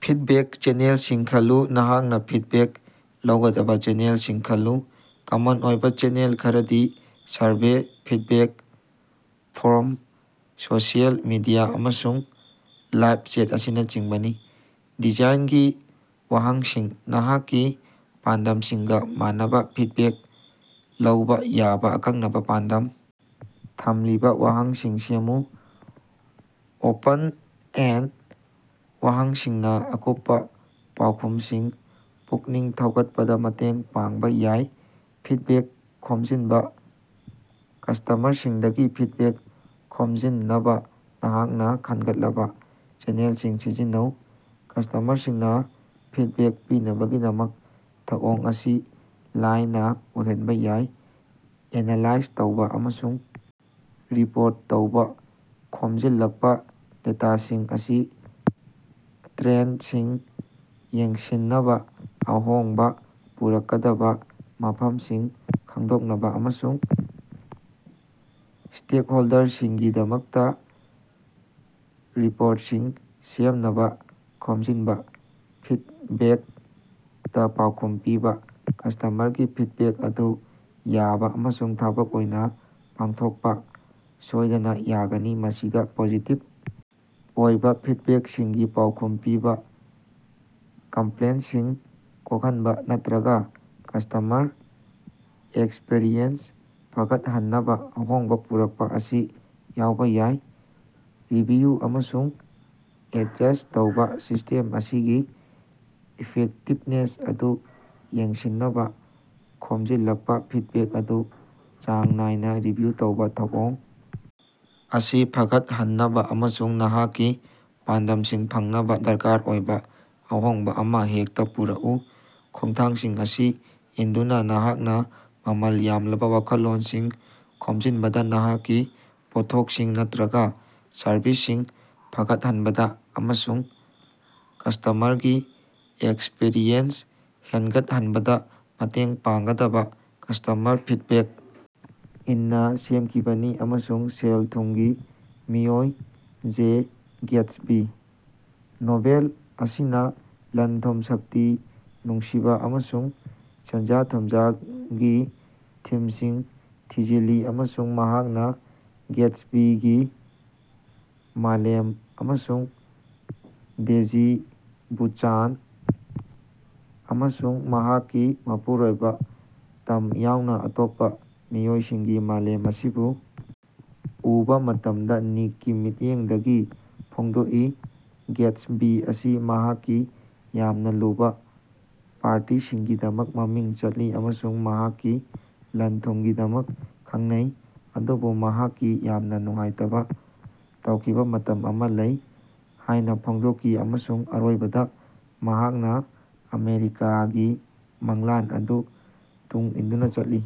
Feedback ꯆꯦꯅꯦꯜꯁꯤꯡ ꯈꯜꯂꯨ - ꯅꯍꯥꯛꯅ ꯐꯤꯗꯕꯦꯛ ꯂꯧꯒꯗꯕ ꯆꯦꯅꯦꯜꯁꯤꯡ ꯈꯜꯂꯨ꯫ ꯀꯃꯟ ꯑꯣꯏꯕ ꯆꯦꯅꯦꯜ ꯈꯔꯗꯤ survey, feedback form, social media, ꯑꯃꯁꯨꯡ ꯂꯥꯏ꯭ꯕ ꯆꯦꯠ ꯑꯁꯤꯅꯆꯤꯡꯕꯅꯤ꯫ ꯗꯤꯖꯥꯏꯟꯒꯤ ꯋꯥꯍꯪꯁꯤꯡ - ꯅꯍꯥꯛꯀꯤ ꯄꯥꯟꯗꯝꯁꯤꯡꯒ ꯃꯥꯟꯅꯕꯥ ꯐꯤꯗꯕꯦꯛ ꯂꯧꯕ ꯌꯥꯕ ꯑꯀꯛꯅꯕ, ꯄꯥꯟꯗꯝ ꯊꯝꯂꯤꯕ ꯋꯥꯍꯪꯁꯤꯡ ꯁꯦꯝꯃꯨ꯫ ꯑꯣꯄꯟ-ꯑꯦꯟꯗ ꯋꯥꯍꯪꯁꯤꯡꯅ ꯑꯀꯨꯞꯄ ꯄꯥꯎꯈꯨꯝꯁꯤꯡ ꯄꯨꯛꯅꯤꯡ ꯊꯧꯒꯠꯄꯗ ꯃꯇꯦꯡ ꯄꯥꯡꯕ ꯌꯥꯏ꯫ ꯐꯤꯗꯕꯦꯛ ꯈꯣꯝꯖꯤꯟꯕ - ꯀꯁ꯭ꯇꯃꯔꯁꯤꯡꯗꯒꯤ ꯐꯤꯗꯕꯦꯛ ꯈꯣꯝꯖꯤꯟꯅꯕꯥ ꯅꯍꯥꯛꯅ ꯈꯟꯒꯠꯂꯕ ꯆꯦꯅꯦꯜꯁꯤꯡ ꯁꯤꯖꯤꯟꯅꯧ꯫ ꯀꯁ꯭ꯇꯃꯔꯁꯤꯡꯅ ꯐꯤꯗꯕꯦꯛ ꯄꯤꯅꯕꯒꯤꯗꯃꯛ ꯊꯧꯑꯣꯡ ꯑꯁꯤ ꯂꯥꯏꯅꯥ ꯑꯣꯏꯍꯟꯕ ꯌꯥꯏ꯫ ꯑꯦꯅꯥꯂꯥꯏꯖ ꯇꯧꯕ ꯑꯃꯁꯨꯡ ꯔꯤꯄꯣꯔꯠ ꯇꯧꯕ - ꯈꯣꯝꯖꯤꯜꯂꯛꯄ ꯗꯦꯇꯥꯁꯤꯡ ꯑꯁꯤ ꯇ꯭ꯔꯦꯟꯗꯁꯤꯡ ꯌꯦꯡꯁꯤꯟꯅꯕꯥ, ꯑꯍꯣꯡꯕ ꯄꯨꯔꯛꯀꯗꯕꯥ ꯃꯐꯝꯁꯤꯡ ꯈꯪꯗꯣꯛꯅꯕ ꯑꯃꯁꯨꯡ ꯁ꯭ꯇꯦꯛꯍꯣꯜꯗꯔꯁꯤꯡꯒꯤꯗꯃꯛꯇ ꯔꯤꯄꯣ꯭ꯔꯠꯁꯤꯡ ꯁꯦꯝꯅꯕ ꯈꯣꯝꯖꯤꯟꯅꯕꯥ꯫ ꯐꯤꯗꯕꯦꯛꯇ ꯄꯥꯎꯈꯨꯝ ꯄꯤꯕ - ꯀꯁ꯭ꯇꯃꯔꯒꯤ ꯐꯤꯗꯕꯦꯛ ꯑꯗꯨ ꯌꯥꯕ ꯑꯃꯁꯨꯡ ꯊꯕꯛ ꯑꯣꯏꯅ ꯄꯥꯡꯊꯣꯛꯄ ꯁꯣꯏꯗꯅ ꯌꯥꯒꯅꯤ꯫ ꯃꯁꯤꯗ ꯄꯣꯖꯤꯇꯤꯚ ꯑꯣꯏꯕ ꯐꯤꯗꯕꯦꯛꯁꯤꯡꯒꯤ ꯄꯥꯎꯈꯨꯝ ꯄꯤꯕ, ꯀꯝꯄ꯭ꯂꯦꯟꯇꯁꯤꯡ ꯀꯣꯛꯍꯟꯕ ꯅꯠꯇꯔꯒ ꯀꯁ꯭ꯇꯃꯔ ꯑꯦꯛꯁꯄꯤꯔꯤꯑꯦꯟꯁ ꯐꯒꯠꯍꯟꯅꯕꯥ ꯑꯍꯣꯡꯕ ꯄꯨꯔꯛꯄ ꯑꯁꯤ ꯌꯥꯎꯕ ꯌꯥꯏ꯫ ꯔꯤꯚꯤꯌꯨ ꯑꯃꯁꯨꯡ ꯑꯦꯗꯖꯁ꯭ꯠ ꯇꯧꯕ - ꯁꯤꯁꯇꯦꯝ ꯑꯁꯤꯒꯤ ꯏꯐꯦꯛꯇꯤꯕꯅꯦꯁ ꯑꯗꯨ ꯌꯦꯡꯁꯤꯟꯅꯕ ꯈꯣꯝꯖꯤꯜꯂꯛꯄ ꯐꯤꯗꯕꯦꯛ ꯑꯗꯨ ꯆꯥꯡ ꯅꯥꯏꯅꯥ ꯔꯤꯚꯤꯌꯨ ꯇꯧꯕ꯫ ꯊꯧꯑꯣꯡ ꯑꯁꯤ ꯐꯒꯠꯍꯟꯅꯕꯥ ꯑꯃꯁꯨꯡ ꯅꯍꯥꯛꯀꯤ ꯄꯥꯟꯗꯝꯁꯤꯡ ꯐꯪꯅꯕ ꯗꯔꯀꯥꯔ ꯑꯣꯏꯕ ꯑꯍꯣꯡꯕ‌ ꯑꯃ ꯍꯦꯛꯇ ꯄꯨꯔꯛꯎ꯫ ꯈꯣꯡꯊꯥꯡꯁꯤꯡ ꯑꯁꯤ ꯏꯟꯗꯨꯅ, ꯅꯍꯥꯛꯅ ꯃꯃꯜ ꯌꯥꯝꯂꯥꯕ ꯋꯥꯈꯜꯂꯣꯟꯁꯤꯡ ꯈꯣꯝꯖꯤꯟꯕꯗꯥ, ꯅꯍꯥꯛꯀꯤ ꯄꯣꯠꯊꯣꯛꯁꯤꯡ ꯅꯠꯇꯔꯒ ꯁꯔꯚꯤꯁꯁꯤꯡ ꯐꯒꯠꯍꯟꯕꯗꯥ ꯑꯃꯁꯨꯡ ꯀꯁ꯭ꯇꯃꯔꯒꯤ ꯑꯦꯛꯁꯄꯤꯔꯤꯑꯦꯟꯁ ꯍꯦꯟꯒꯠꯍꯟꯕꯥꯗ ꯃꯇꯦꯡ ꯄꯥꯡꯒꯗꯕꯥ ꯀꯁ꯭ꯇꯃꯔ ꯐꯤꯗꯕꯦꯛ ꯏꯟꯅ ꯁꯦꯝꯈꯤꯕꯅꯤ ꯑꯃꯁꯨꯡ ꯁꯦꯜ ꯊꯨꯝꯒꯤ ꯃꯤꯑꯣꯏ ꯖꯦ ꯒ꯭ꯌꯥꯠꯁꯕꯤ꯫ ꯅꯣꯚꯦꯜ ꯑꯁꯤꯅ ꯂꯟ-ꯊꯨꯝ, ꯁꯛꯇꯤ, ꯅꯨꯡꯁꯤꯕ ꯑꯃꯁꯨꯡ ꯁꯦꯟꯖꯥ-ꯊꯨꯝꯖꯥꯒꯤ ꯊꯤꯝꯁꯤꯡ ꯊꯤꯖꯤꯜꯂꯤ ꯑꯃꯁꯨꯡ ꯃꯍꯥꯛꯅ ꯒ꯭ꯌꯥꯇꯁꯕꯤꯒꯤ ꯃꯥꯂꯦꯝ ꯑꯃꯁꯨꯡ ꯗꯦꯖꯤ ꯕꯨꯆꯥꯟ ꯑꯃꯁꯨꯡ ꯃꯍꯥꯛꯀꯤ ꯃꯄꯨꯔꯣꯏꯕ ꯇꯝ ꯌꯥꯎꯅ ꯑꯇꯣꯞꯄ ꯃꯤꯑꯣꯏꯁꯤꯡꯒꯤ ꯃꯥꯂꯦꯝ ꯑꯁꯤꯕꯨ ꯎꯕꯥ ꯃꯇꯝꯗ ꯅꯤꯛꯀꯤ ꯃꯤꯠꯌꯦꯡꯗꯒꯤ ꯐꯣꯡꯗꯣꯛꯏ꯫ ꯒ꯭ꯌꯥꯇꯁꯕꯤ ꯑꯁꯤ ꯃꯍꯥꯛꯀꯤ ꯌꯥꯝꯅ ꯂꯨꯕ ꯄꯥꯔꯇꯤꯁꯤꯡꯒꯤꯗꯃꯛ ꯃꯃꯤꯡ ꯆꯠꯂꯤ ꯑꯃꯁꯨꯡ ꯃꯍꯥꯛꯀꯤ ꯂꯟ-ꯊꯨꯝꯒꯤꯗꯃꯛ ꯈꯪꯅꯩ ꯑꯗꯨꯕꯨ ꯃꯍꯥꯛꯀꯤ ꯌꯥꯝꯅ ꯅꯨꯡꯉꯥꯏꯇꯕꯥ ꯇꯧꯈꯤꯕ ꯃꯇꯝ ꯑꯃ ꯂꯩ ꯍꯥꯏꯅ ꯐꯣꯡꯗꯣꯛꯈꯤ ꯑꯃꯁꯨꯡ ꯑꯔꯣꯏꯕꯗꯥ ꯃꯍꯥꯛꯅ ꯑꯃꯦꯔꯤꯀꯥꯒꯤ ꯃꯪꯂꯥꯟ ꯑꯗꯨ ꯇꯨꯡ ꯏꯟꯗꯨꯅ ꯆꯠꯂꯤ꯫